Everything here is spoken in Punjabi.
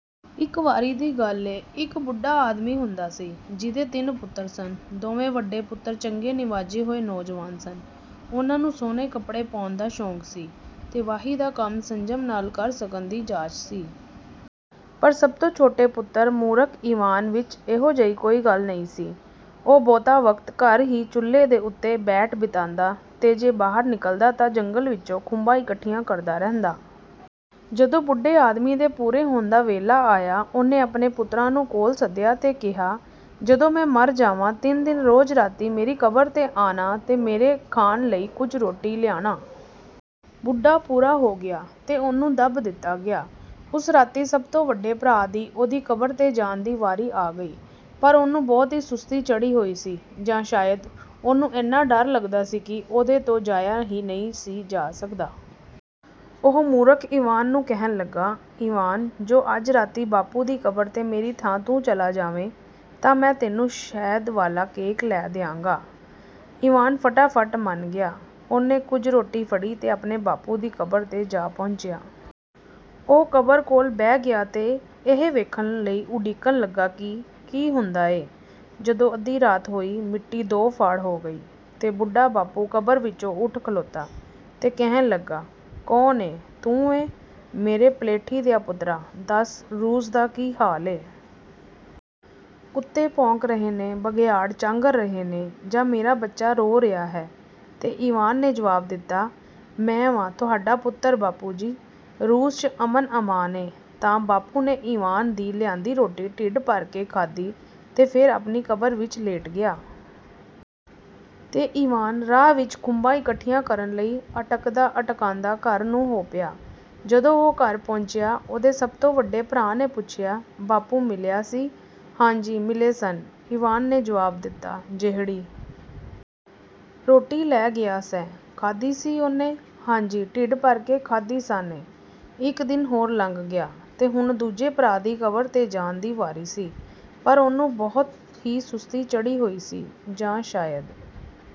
ਇੱਕ ਵਾਰੀ ਦੀ ਗੱਲ ਏ, ਇੱਕ ਬੁੱਢਾ ਆਦਮੀ ਹੁੰਦਾ ਸੀ, ਜਿਹਦੇ ਤਿੰਨ ਪੁੱਤਰ ਸਨ। ਦੋਵੇਂ ਵੱਡੇ ਪੁੱਤਰ ਚੰਗੇ-ਨਿਵਾਜੇ ਹੋਏ ਨੌਜਵਾਨ ਸਨ। ਉਹਨਾਂ ਨੂੰ ਸੁਹਣੇ ਕੱਪੜੇ ਪਾਉਣ ਦਾ ਸ਼ੌਕ ਸੀ ਤੇ ਵਾਹੀ ਦਾ ਕੰਮ ਸੰਜਮ ਨਾਲ ਕਰ ਸਕਣ ਦੀ ਜਾਚ ਸੀ। ਪਰ ਸਭ ਤੋਂ ਛੋਟੇ ਪੁੱਤਰ, ਮੂਰਖ ਈਵਾਨ, ਵਿੱਚ ਇਹੋ ਜਿਹੀ ਕੋਈ ਗੱਲ ਨਹੀਂ ਸੀ। ਉਹ ਬਹੁਤਾ ਵਕਤ ਘਰ ਹੀ ਚੁੱਲ੍ਹੇ ਦੇ ਉੱਤੇ ਬੈਠ ਬਿਤਾਂਦਾ ਤੇ ਜੇ ਬਾਹਰ ਨਿਕਲਦਾ ਤਾਂ ਜੰਗਲ ਵਿੱਚੋਂ ਖੁੰਬਾਂ ਇਕੱਠੀਆਂ ਕਰਦਾ ਰਹਿੰਦਾ। ਜਦੋਂ ਬੁੱਢੇ ਆਦਮੀ ਦੇ ਪੂਰੇ ਹੋਣ ਦਾ ਵੇਲਾ ਆਇਆ, ਉਹਨੇ ਆਪਣੇ ਪੁੱਤਰਾਂ ਨੂੰ ਕੋਲ ਸੱਦਿਆ ਤੇ ਕਿਹਾ, "ਜਦੋਂ ਮੈਂ ਮਰ ਜਾਵਾਂ, ਤਿੰਨ ਦਿਨ ਰੋਜ਼ ਰਾਤੀਂ ਮੇਰੀ ਕਬਰ 'ਤੇ ਆਣਾ ਤੇ ਮੇਰੇ ਖਾਣ ਲਈ ਕੁਝ ਰੋਟੀ ਲਿਆਣਾ।" ਬੁੱਢਾ ਪੂਰਾ ਹੋ ਗਿਆ ਤੇ ਉਹਨੂੰ ਦੱਬ ਦਿੱਤਾ ਗਿਆ। ਉਸ ਰਾਤੀਂ ਸਭ ਤੋਂ ਵੱਡੇ ਭਰਾ ਦੀ ਉਹਦੀ ਕਬਰ 'ਤੇ ਜਾਣ ਦੀ ਵਾਰੀ ਆ ਗਈ। ਪਰ ਉਹਨੂੰ ਬਹੁਤ ਹੀ ਸੁਸਤੀ ਚੜ੍ਹੀ ਹੋਈ ਸੀ, ਜਾਂ ਸ਼ਾਇਦ ਉਹਨੂੰ ਐਨਾ ਡਰ ਲੱਗਦਾ ਸੀ ਕਿ ਉਹਦੇ ਤੋਂ ਜਾਇਆ ਹੀ ਨਹੀਂ ਸੀ ਜਾ ਸਕਦਾ। ਉਹ ਮੂਰਖ ਈਵਾਨ ਨੂੰ ਕਹਿਣ ਲੱਗਾ, "ਈਵਾਨ, ਜੋ ਅੱਜ ਰਾਤੀਂ ਬਾਪੂ ਦੀ ਕਬਰ 'ਤੇ ਮੇਰੀ ਥਾਂ ਤੂੰ ਚਲਾ ਜਾਵੇਂ, ਤਾਂ ਮੈਂ ਤੈਨੂੰ ਸ਼ਹਿਦ ਵਾਲਾ ਕੇਕ ਲੈ ਦਿਆਂਗਾ।" ਈਵਾਨ ਫਟਾਫਟ ਮੰਨ ਗਿਆ। ਉਹਨੇ ਕੁਝ ਰੋਟੀ ਫੜੀ ਤੇ ਆਪਣੇ ਬਾਪੂ ਦੀ ਕਬਰ 'ਤੇ ਜਾ ਪਹੁੰਚਿਆ। ਉਹ ਕਬਰ ਕੋਲ ਬਹਿ ਗਿਆ ਤੇ ਇਹ ਵੇਖਣ ਲਈ ਉਡੀਕਣ ਲੱਗਾ ਕਿ ਕੀ ਹੁੰਦਾ ਏ? ਜਦੋਂ ਅੱਧੀ ਰਾਤ ਹੋਈ, ਮਿੱਟੀ ਦੋਫਾੜ ਹੋ ਗਈ ਤੇ ਬੁੱਢਾ ਬਾਪੂ ਕਬਰ ਵਿੱਚੋਂ ਉੱਠ ਖਲੋਤਾ ਤੇ ਕਹਿਣ ਲੱਗਾ, "ਕੌਣ ਏਂ ਤੂੰ ਏਂ, ਮੇਰੇ ਪਲੇਠੀ ਦਿਆ ਪੁੱਤਰਾ, ਦੱਸ, ਰੂਸ ਦਾ ਕੀ ਹਾਲ ਏ? ਕੁੱਤੇ ਭੌਂਕ ਰਹੇ ਨੇ, ਬਘਿਆੜ ਚਾਂਗਰ ਰਹੇ ਨੇ ਜਾਂ ਮੇਰਾ ਬੱਚਾ ਰੋ ਰਿਹਾ ਹੈ?" ਤੇ ਈਵਾਨ ਨੇ ਜਵਾਬ ਦਿੱਤਾ, "ਮੈਂ ਵਾਂ, ਤੁਹਾਡਾ ਪੁੱਤਰ, ਬਾਪੂ ਜੀ। ਰੂਸ 'ਚ ਅਮਨ-ਅਮਾਨ ਏ।" ਤਾਂ ਬਾਪੂ ਨੇ ਈਵਾਨ ਦੀ ਲਿਆਂਦੀ ਰੋਟੀ ਢਿੱਡ ਭਰ ਕੇ ਖਾਧੀ ਤੇ ਫੇਰ ਆਪਣੀ ਕਬਰ ਵਿੱਚ ਲੇਟ ਗਿਆ। ਤੇ ਈਵਾਨ, ਰਾਹ ਵਿੱਚ ਖੁੰਬਾਂ ਇਕੱਠੀਆਂ ਕਰਨ ਲਈ ਅਟਕਦਾ-ਅਟਕਾਂਦਾ, ਘਰ ਨੂੰ ਹੋ ਪਿਆ। ਜਦੋਂ ਉਹ ਘਰ ਪਹੁੰਚਿਆ, ਉਹਦੇ ਸਭ ਤੋਂ ਵੱਡੇ ਭਰਾ ਨੇ ਪੁੱਛਿਆ, "ਬਾਪੂ ਮਿਲਿਆ ਸੀ?" "ਹਾਂ ਜੀ, ਮਿਲੇ ਸਨ," ਈਵਾਨ ਨੇ ਜਵਾਬ ਦਿੱਤਾ।""ਜਿਹੜੀ ਰੋਟੀ ਲੈ ਗਿਆ ਸੈਂ, ਖਾਧੀ ਸੀ ਉਹਨੇ?" "ਹਾਂ ਜੀ ਢਿੱਡ ਭਰ ਕੇ ਖਾਧੀ ਸਾਨੇਂ।" ਇੱਕ ਦਿਨ ਹੋਰ ਲੰਘ ਗਿਆ, ਤੇ ਹੁਣ ਦੂਜੇ ਭਰਾ ਦੀ ਕਬਰ 'ਤੇ ਜਾਣ ਦੀ ਵਾਰੀ ਸੀ। ਪਰ ਉਹਨੂੰ ਬਹੁਤ ਹੀ ਸੁਸਤੀ ਚੜ੍ਹੀ ਹੋਈ ਸੀ, ਜਾਂ ਸ਼ਾਇਦ…